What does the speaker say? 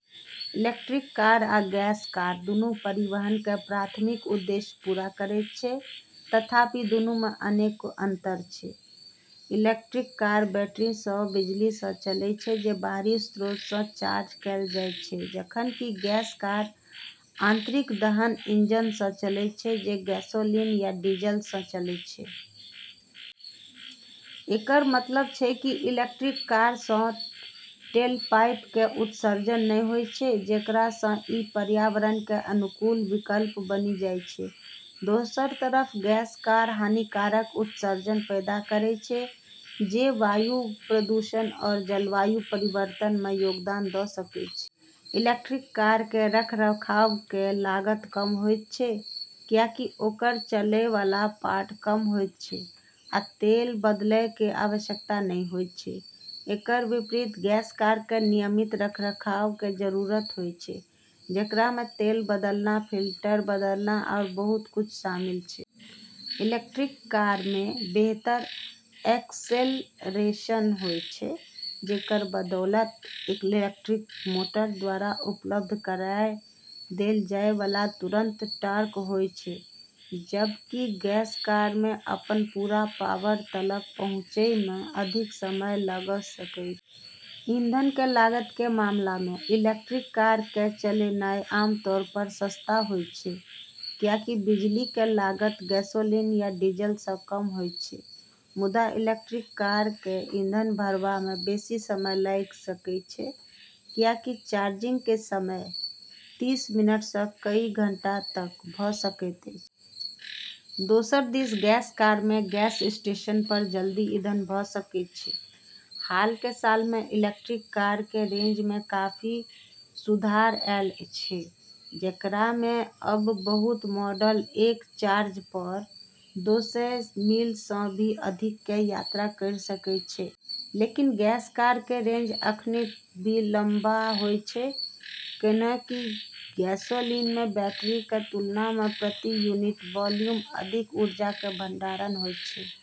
Electric car आ gas car दुनू परिवहन के प्राथमिक उद्देश्य पूरा करैत अछि, तथापि दुनू मे अनेक अंतर अछि। इलेक्ट्रिक कार बैटरी सँ बिजली सँ चलै छै जे बाहरी स्रोत सँ चार्ज कैल जाइत छै, जखन कि गैस कार आंतरिक दहन इंजन सँ चलै छै जे गैसोलीन या डीजल सँ चलै छै। एकर मतलब छै कि इलेक्ट्रिक कार सँ टेलपाइप के उत्सर्जन नै होय छै, जेकरा सँ ई पर्यावरण के अनुकूल विकल्प बनी जाय छै। दोसर तरफ गैस कार हानिकारक उत्सर्जन पैदा करै छै जे वायु प्रदूषण आरू जलवायु परिवर्तन मे योगदान दऽ सकै छै। इलेक्ट्रिक कार के रखरखाव के लागत कम होयत छै, कियाकि ओकर चलैय वाला पार्ट कम होयत छै आ तेल बदलय के आवश्यकता नहि होयत छै। एकर विपरीत गैस कार के नियमित रखरखाव के जरूरत होय छै, जेकरा म॑ तेल बदलना, फिल्टर बदलना, आरू बहुत कुछ शामिल छै। इलेक्ट्रिक कार मे बेहतर एक्सेलरेशन होय छै, जेकर बदौलत इलेक्ट्रिक मोटर द्वारा उपलब्ध कराय देल जाय वाला तुरंत टॉर्क होय छै, जबकि गैस कार मे अपन पूरा पावर तलक पहुँचै म॑ अधिक समय लगऽ सकै छै। ईंधन के लागत के मामला मे, इलेक्ट्रिक कार के चलनाय आमतौर पर सस्ता होयत छै, कियाकि बिजली के लागत गैसोलीन या डीजल सँ कम होयत छै। मुदा इलेक्ट्रिक कार कए ईंधन भरबा मे बेसी समय लागि सकैत अछि, कियाकि चार्जिंग के समय [तीस] मिनट सँ कई घंटा तक भऽ सकैत अछि। दोसर दिस गैस कार मे गैस स्टेशन पर जल्दी ईंधन भऽ सकैत अछि। हाल के साल मे इलेक्ट्रिक कार के रेंज मे काफी सुधार ऐल छै, जेकरा मे अब बहुत मॉडल एक चार्ज पर [दो सय] मील सँ भी अधिक के यात्रा करी सकै छै। लेकिन गैस कार के रेंज अखनी भी लम्बा होय छै, कैन्हेंकि गैसोलीन मे बैटरी के तुलना म॑ प्रति यूनिट वॉल्यूम अधिक ऊर्जा के भंडारण होइत छै।